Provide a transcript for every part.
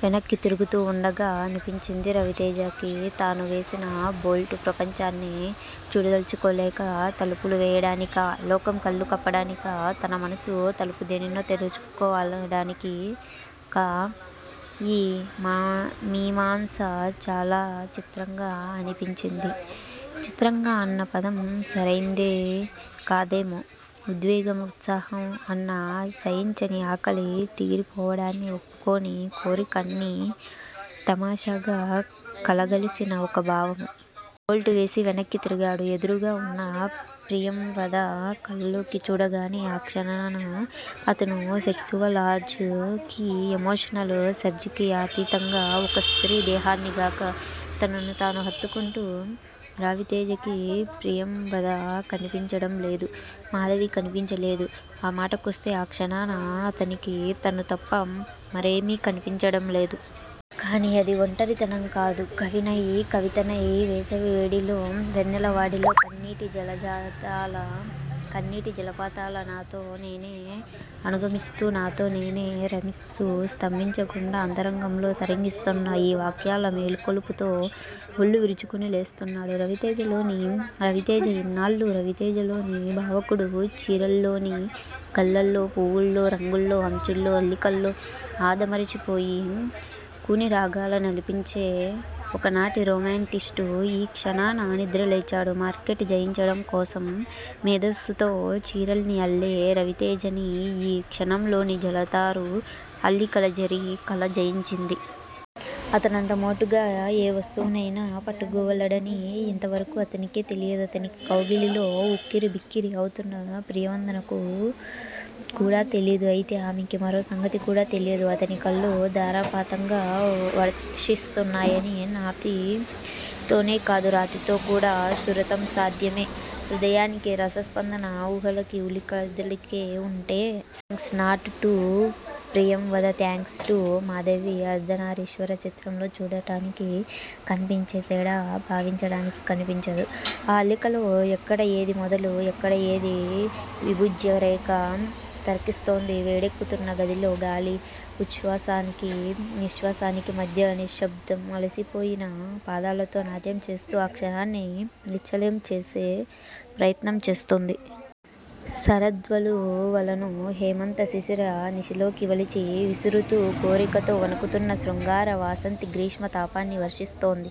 వెనక్కి తిరుగుతూ వుండగా అనిపించింది రవితేజకి- తాను వేసిన బోల్టు ప్రపంచాన్ని చూడదల్చుకోలేక తలుపులు వేయడానికా? లోకం కళ్ళు కప్పడానికా? తన మనసు తలుపు దేనినో తెరుచుకోవడానికా? ఈ మీమాంస చాలా చిత్రంగా అనిపించింది. 'చిత్రంగా' అన్న పదం సరైంది కాదేమో! ఉద్వేగం, ఉత్సాహం, అన్న సయించని ఆకలి తీరిపోవడాన్ని ఒప్పుకోని కోరిక అన్నీ తమాషాగా కలగలసిన ఒక భావం! బోల్టు వేసి వెనక్కి తిరిగాడు. ఎదురుగా వున్న ప్రియంవద కళ్ళలోకి చూడగానే ఆ క్షణాన అతను సెక్సువల్ ఆర్జ్ కీ ఎమోషనల్ సర్జ్ కీ అతీతంగా ఒక స్త్రీ దేహాన్ని గాక, తనను తాను హత్తుకుంటూ- రావితేజకి ప్రియంవద కనిపించడం లేదు. మాధవీ కనిపించలేదు. ఆ మాటకొస్తే ఆ క్షణాన అతనికి తను తప్ప మరేమీ కనిపించడంలేదు. కానీ అది ఒంటరితనం కాదు. కవినై, కవితనై, వేసవి వేడిలో వెన్నెల వాడిలో, పన్నీటి జలజాతాల, కన్నీటి జలపాతాల నాతో నేనే అనుగమిస్తూ నాతో నేనే రమిస్తూ స్తంభించకుండా అంతరంగంలో తరంగిస్తోన్న ఈ వాక్యాల మేలుకొలుపుతో ఒళ్ళు విరుచుకొని లేస్తున్నాడు. రవితేజలోని 'రవితేజ'. ఇన్నాళ్ళూ రవితేజలోని భావుకుడు చీరల్లోని గళ్ళల్లో, పువ్వుల్లో, రంగుల్లో, అంచుల్లో, అల్లికల్లో ఆదమరచిపోయి, కూనిరాగాల నలపించే ఒకనాటి రొమాంటిస్టు ఈ క్షణాన నిద్రలేచాడు మార్కెట్ జయించడం కోసం మేధస్సుతో చీరల్ని అల్లే రవితేజని ఈ క్షణంలోని జలతారు అల్లికల జరీ కల జయించింది. అతనంత మోటుగా ఏ వస్తువునైనా పట్టుకోగలడని యింత వరకూ అతనికే తెలియదు- అతని కౌగిలిలో ఉక్కిరి బిక్కిరి అవుతున్న ప్రియంవదకు కూడా తెలీదు. అయితే ఆమెకి మరో సంగతి కూడా తెలియదు. అతని కళ్ళు ధారాపాతంగా వర్షిస్తున్నాయని. నాతి తోనె కాదు రాతితో కూడా సురతం సాధ్యమె హృదయానికి రస స్పందనా ఊహలకి ఉలి కదలికే వుంటే! Thanks not to Priyamvada thanks to Madhavi Ardhanarishwara చిత్రంలో చూడటానికి కనిపించే తేడా భావించడానికి కనిపించదు. ఆ అల్లికలో ఎక్కడ ఏది మొదలు, ఎక్కడ ఏది విభుజ్యరేఖ? తర్కిస్తోంది వేడెక్కుతున్న గదిలో గాలి. ఉచ్చ్వాసానికి, నిశ్వాసానికి మధ్య నిశ్శబ్దం, అలసిపోయిన పాదాలతో నాట్యంచేస్తూ ఆ క్షణాన్ని నిశ్చలంచేసే ప్రయత్నం చేస్తుంది. శరద్వలువలను హేమంత శిశిర నిశిలోకి వలిచి విసురుతూ, కోరికతో వణుకుతున్న శృంగార వాసంతి గ్రీష్మ తాపాన్ని వర్షిస్తోంది.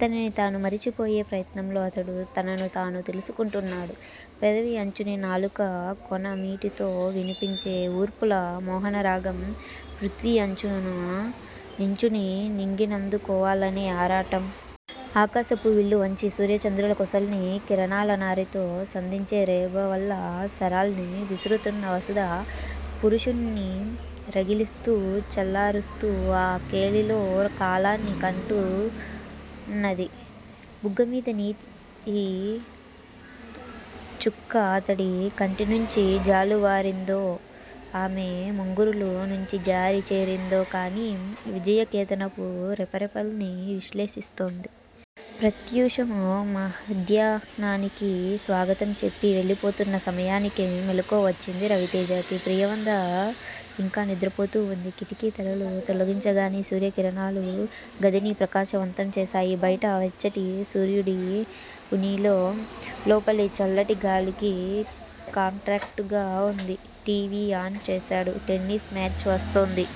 తనని తాను మరచిపోయే ప్రయత్నంలో అతడు తనను తాను తెలుసుకుంటున్నాడు. పెదవి అంచుని నాలుక కొన మీటితే వినిపించే ఊర్పుల మోహనరాగం. పృథ్వి అంచున నించుని నింగినందుకోవాలనే ఆరాటం. ఆకసపు విల్లు వంచి, సూర్యచంద్రుల కొసల్ని కిరణాల నారితో సంధించి రేబవళ్ళ సరాల్ని విసురుతున్న వసుధ, పురుషున్ని రగిలిస్తూ, చల్లారుస్తూ ఆ కేళిలో కాలాన్ని కంటున్నది. బుగ్గమీద నీతి చుక్క అతడి కంటినుంచి జాలువారిందో, ఆమె ముంగురులు నుంచి జారి చేరిందోకాని, విజయ కేతనపు రెపరెపల్ని విశ్లేషిస్తోంది. ప్రత్యూషం మధ్యాహ్నానికి స్వాగతం చెప్పి, వెళ్ళిపోతున్న సమయానికి మెలకువ వచ్చింది రవితేజకి. ప్రియంవద ఇంకా నిద్రపోతూ వుంది. కిటికీ తెరలు తొలగించగానే సూర్యకిరణాలు గదిని ప్రకాశవంతం చేశాయి. బయట వెచ్చటి సూర్యుడి ఉనికి, లోపలి చల్లటిగాలికి కాంట్రాక్టుగా వుంది. టీ. వీ. ఆన్ చేశాడు. టెన్నిస్ మాచ్ వస్తోంది.